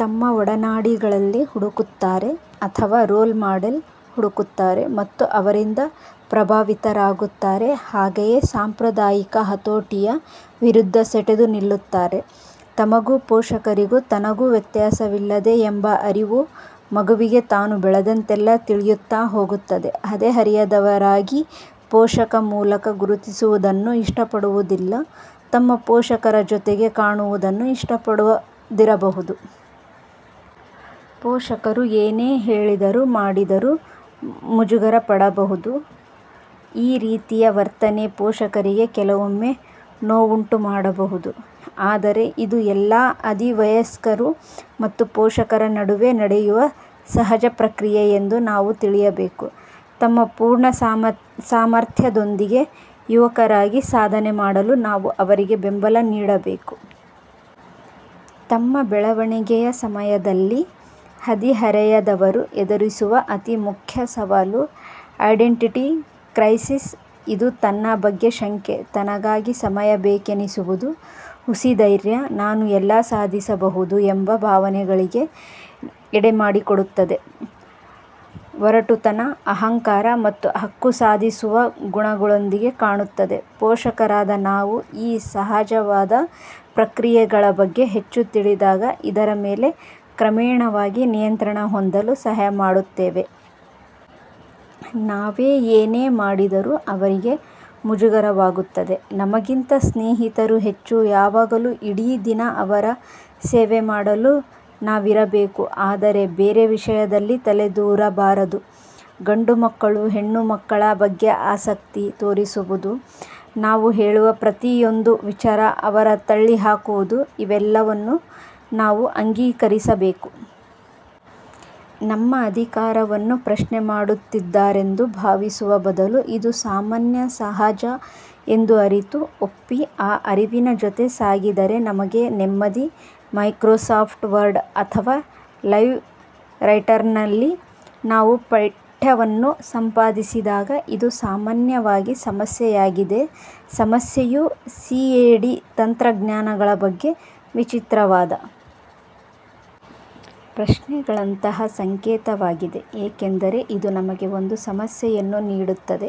ತಮ್ಮ ಒಡನಾಡಿಗಳಲ್ಲಿ ಹುಡುಕುತ್ತಾರೆ. ಅಥವಾ ರೋಲ್ ಮಾಡೆಲ್ ಹುಡುಕುತ್ತಾರೆ ಮತ್ತು ಅವರಿಂದ ಪ್ರಭಾವಿತರಾಗುತ್ತಾರೆ. ಹಾಗೆಯೇ ಸಾಂಪ್ರದಾಯಿಕ ಹತೋಟಿಯ ವಿರುದ್ಧ ಸೆಟೆದು ನಿಲ್ಲುತ್ತಾರೆ.. ತಮಗೂ ಪೋಷಕರಿಗೂ ತನಗೂ ವ್ಯತ್ಯಾಸವಿದೆ ಎಂಬ ಅರಿವು ಮಗುವಿಗೆ ತಾನು ಬೆಳೆದಂತೆಲ್ಲ ತಿಳಿಯುತ್ತಾ ಹೋಗುತ್ತದೆ. ಹದಿಹರೆಯದವರಾಗಿ ಪೋಷಕ ಮೂಲಕ ಗುರುತಿಸುವುದನ್ನು ಇಷ್ಟಪಡುವುದಿಲ್ಲ. ತಮ್ಮ ಪೋಷಕರ ಜೊತೆಗೆ ಕಾಣುವುದನ್ನೂ ಇಷ್ಟಪಡದಿರಬಹುದು. ಪೋಷಕರು ಏನೇ ಹೇಳಿದರೂ ಮಾಡಿದರೂ ಮುಜುಗರ ಪಡಬಹುದು. ಈ ರೀತಿಯ ವರ್ತನೆ ಪೋಷಕರಿಗೆ ಕೆಲವೊಮ್ಮೆ ನೋವುಂಟು ಮಾಡಬಹುದು. ಆದರೆ ಇದು ಎಲ್ಲ ಹದಿವಯಸ್ಕರು ಮತ್ತು ಪೋಷಕರ ನಡುವೆ ನಡೆಯುವ ಸಹಜ ಪ್ರಕ್ರಿಯೆ ಎಂದು ನಾವು ತಿಳಿಯಬೇಕು. ತಮ್ಮ ಪೂರ್ಣ ಸಾಮರ್ಥ್ಯದೊಂದಿಗೆ ಯುವಕರಾಗಿ ಸಾಧನೆ ಮಾಡಲು ನಾವು ಅವರಿಗೆ ಬೆಂಬಲ ನೀಡಬೇಕು. ತಮ್ಮ ಬೆಳವಣಿಗೆ ಸಮಯದಲ್ಲಿ ಹದಿಹರೆಯದವರು ಎದುರಿಸುವ ಅತಿ ಮುಖ್ಯ ಸವಾಲು ಐಡೆಂಟಿಟಿ ಕ್ರೈಸಿಸ್. ಇದು ತನ್ನ ಬಗ್ಗೆ ಶಂಕೆ, ತನಗಾಗಿ ಸಮಯ ಬೇಕೆನಿಸುವುದು, ಹುಸಿಧೈರ್ಯ, ನಾನು ಎಲ್ಲ ಸಾಧಿಸಬಹುದು ಎಂಬ ಭಾವನೆಗಳಿಗೆ ಎಡೆಮಾಡಿಕೊಡುತ್ತದೆ. ಒರಟುತನ, ಅಹಂಕಾರ ಮತ್ತು ಹಕ್ಕುಸಾಧಿಸುವ ಗುಣಗಳೊಂದಿಗೆ ಕಾಣುತ್ತದೆ. ಪೋಷಕರಾದ ನಾವು ಈ ಸಹಜವಾದ ಪ್ರಕ್ರಿಯೆಗಳ ಬಗ್ಗೆ ಹೆಚ್ಚು ತಿಳಿದಾಗ, ಇದರ ಮೇಲೆ ಕ್ರಮೇಣವಾಗಿ ನಿಯಂತ್ರಣ ಹೊಂದಲು ಸಹಾಯ ಮಾಡುತ್ತೇವೆ. ನಾವೇ ಏನೇ ಮಾಡಿದರೂ ಅವರಿಗೆ ಮುಜುಗರವಾಗುತ್ತದೆ, ನಮಗಿಂತ ಸ್ನೇಹಿತರು ಹೆಚ್ಚು; ಯಾವಾಗಲೂ ಇಡೀ ದಿನ ಅವರ ಸೇವೆ ಮಾಡಲು ನಾವಿರಬೇಕು ಆದರೆ ಬೇರೆ ವಿಷಯದಲ್ಲಿ ತಲೆದೂರಬಾರದು, ಗಂಡು ಮಕ್ಕಳು ಹೆಣ್ಣು ಮಕ್ಕಳ ಬಗ್ಗೆ ಆಸಕ್ತಿ ತೋರಿಸುವುದು, ನಾವು ಹೇಳುವ ಪ್ರತಿಯೊಂದು ವಿಚಾರ ಅವರು ತಳ್ಳಿಹಾಕುವುದು, ಇವೆಲ್ಲವನ್ನು ನಾವು ಅಂಗೀಕರಿಸಬೇಕು. ನಮ್ಮ ಅಧಿಕಾರವನ್ನು ಪ್ರಶ್ನೆಮಾಡುತ್ತಿದ್ದಾರೆಂದು ಭಾವಿಸುವ ಬದಲು, ಇದು 'ಸಾಮಾನ್ಯ', 'ಸಹಜ' ಎಂದು ಅರಿತು, ಒಪ್ಪಿ, ಆ ಅರಿವಿನ ಜೊತೆ ಸಾಗಿದರೆ ನಮಗೇ ನೆಮ್ಮದಿ. ಮೈಕ್ರೋಸಾಫ್ಟ್ ವರ್ಡ್ ಅಥವಾ ಲೈವ್ ರೈಟರ್ನಲ್ಲಿ ನಾವು ಪಠ್ಯವನ್ನು ಸಂಪಾದಿಸಿದಾಗ ಇದು ಸಾಮಾನ್ಯವಾಗಿ ಸಮಸ್ಯೆಯಾಗಿದೆ. ಸಮಸ್ಯೆಯು ಸಿಎಡಿ ತಂತ್ರಜ್ಞಾನಗಳ ಬಗ್ಗೆ ವಿಚಿತ್ರವಾದ ಪ್ರಶ್ನೆಗಳಂತಹ ಸಂಕೇತವಾಗಿದೆ, ಏಕೆಂದರೆ ಇದು ನಮಗೆ ಒಂದು ಸಮಸ್ಯೆಯನ್ನು ನೀಡುತ್ತದೆ,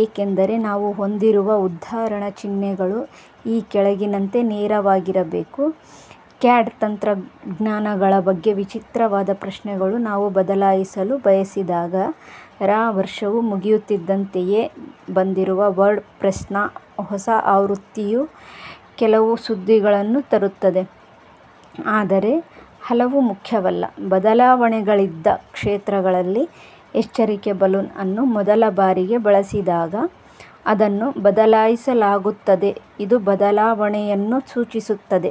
ಏಕೆಂದರೆ ನಾವು ಹೊಂದಿರುವ ಉದ್ಧರಣ ಚಿಹ್ನೆಗಳು ಈ ಕೆಳಗಿನಂತೆ ನೇರವಾಗಿರಬೇಕು: ಕ್ಯಾಡ್ ತಂತ್ರಜ್ಞಾನಗಳ ಬಗ್ಗೆ ವಿಚಿತ್ರವಾದ ಪ್ರಶ್ನೆಗಳು ನಾವು ಬದಲಾಯಿಸಲು ಬಯಸಿದಾಗ ರ ವರ್ಷವು ಮುಗಿಯುತ್ತಿದ್ದಂತೆಯೇ ಬಂದಿರುವ ವರ್ಡ್ ಪ್ರೆಸ್ನ ಹೊಸ ಆವೃತ್ತಿಯು ಕೆಲವು ಸುದ್ದಿಗಳನ್ನು ತರುತ್ತದೆ, ಆದರೆ ಹಲವು ಮುಖ್ಯವಲ್ಲ: ಬದಲಾವಣೆಗಳಿದ್ದ ಕ್ಷೇತ್ರಗಳಲ್ಲಿ, ಎಚ್ಚರಿಕೆ ಬಲೂನ್ ಅನ್ನು ಮೊದಲ ಬಾರಿಗೆ ಬಳಸಿದಾಗ ಅದನ್ನು ಬದಲಾಯಿಸಲಾಗುತ್ತದೆ, ಇದು ಬದಲಾವಣೆಯನ್ನು ಸೂಚಿಸುತ್ತದೆ.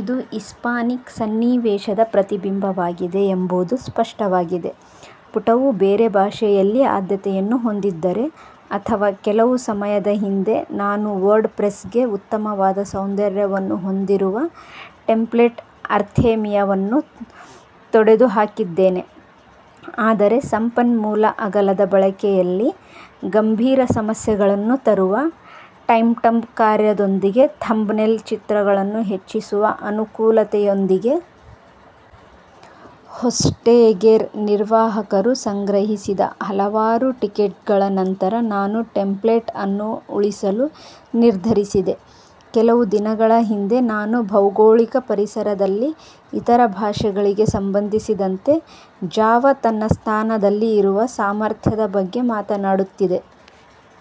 ಇದು ಹಿಸ್ಪಾನಿಕ್ ಸನ್ನಿವೇಶದ ಪ್ರತಿಬಿಂಬವಾಗಿದೆ ಎಂಬುದು ಸ್ಪಷ್ಟವಾಗಿದೆ, ಪುಟವು ಬೇರೆ ಭಾಷೆಯಲ್ಲಿ ಆದ್ಯತೆಯನ್ನು ಹೊಂದಿದ್ದರೆ ಅಥವಾ ಕೆಲವು ಸಮಯದ ಹಿಂದೆ ನಾನು ವರ್ಡ್ ಪ್ರೆಸ್ಗೆ ಉತ್ತಮವಾದ ಸೌಂದರ್ಯವನ್ನು ಹೊಂದಿರುವ ಟೆಂಪ್ಲೆಟ್ ಆರ್ತೆಮಿಯಾವನ್ನು ತೊಡೆದುಹಾಕಿದ್ದೇನೆ ಆದರೆ ಸಂಪನ್ಮೂಲ ಅಗಲದ ಬಳಕೆಯಲ್ಲಿ ಗಂಭೀರ ಸಮಸ್ಯೆಗಳನ್ನು ತರುವ ಟೈಮ್ಟಂಬ್ ಕಾರ್ಯದೊಂದಿಗೆ ಥಂಬ್ನೇಲ್ ಚಿತ್ರಗಳನ್ನು ಹೆಚ್ಚಿಸುವ ಅನನುಕೂಲತೆಯೊಂದಿಗೆ. ಹೋಸ್ಟ್ಗೇಟರ್ ನಿರ್ವಾಹಕರು ಸಂಗ್ರಹಿಸಿದ ಹಲವಾರು ಟಿಕೆಟ್ಗಳ ನಂತರ ನಾನು ಟೆಂಪ್ಲೇಟ್ ಅನ್ನು ಉಳಿಸಲು ನಿರ್ಧರಿಸಿದೆ ಕೆಲವು ದಿನಗಳ ಹಿಂದೆ ನಾನು ಭೌಗೋಳಿಕ ಪರಿಸರದಲ್ಲಿ ಇತರ ಭಾಷೆಗಳಿಗೆ ಸಂಬಂಧಿಸಿದಂತೆ ಜಾವಾ ತನ್ನ ಸ್ಥಾನದಲ್ಲಿ ಇರುವ ಸಾಮರ್ಥ್ಯದ ಬಗ್ಗೆ ಮಾತನಾಡುತ್ತಿದ್ದೆ.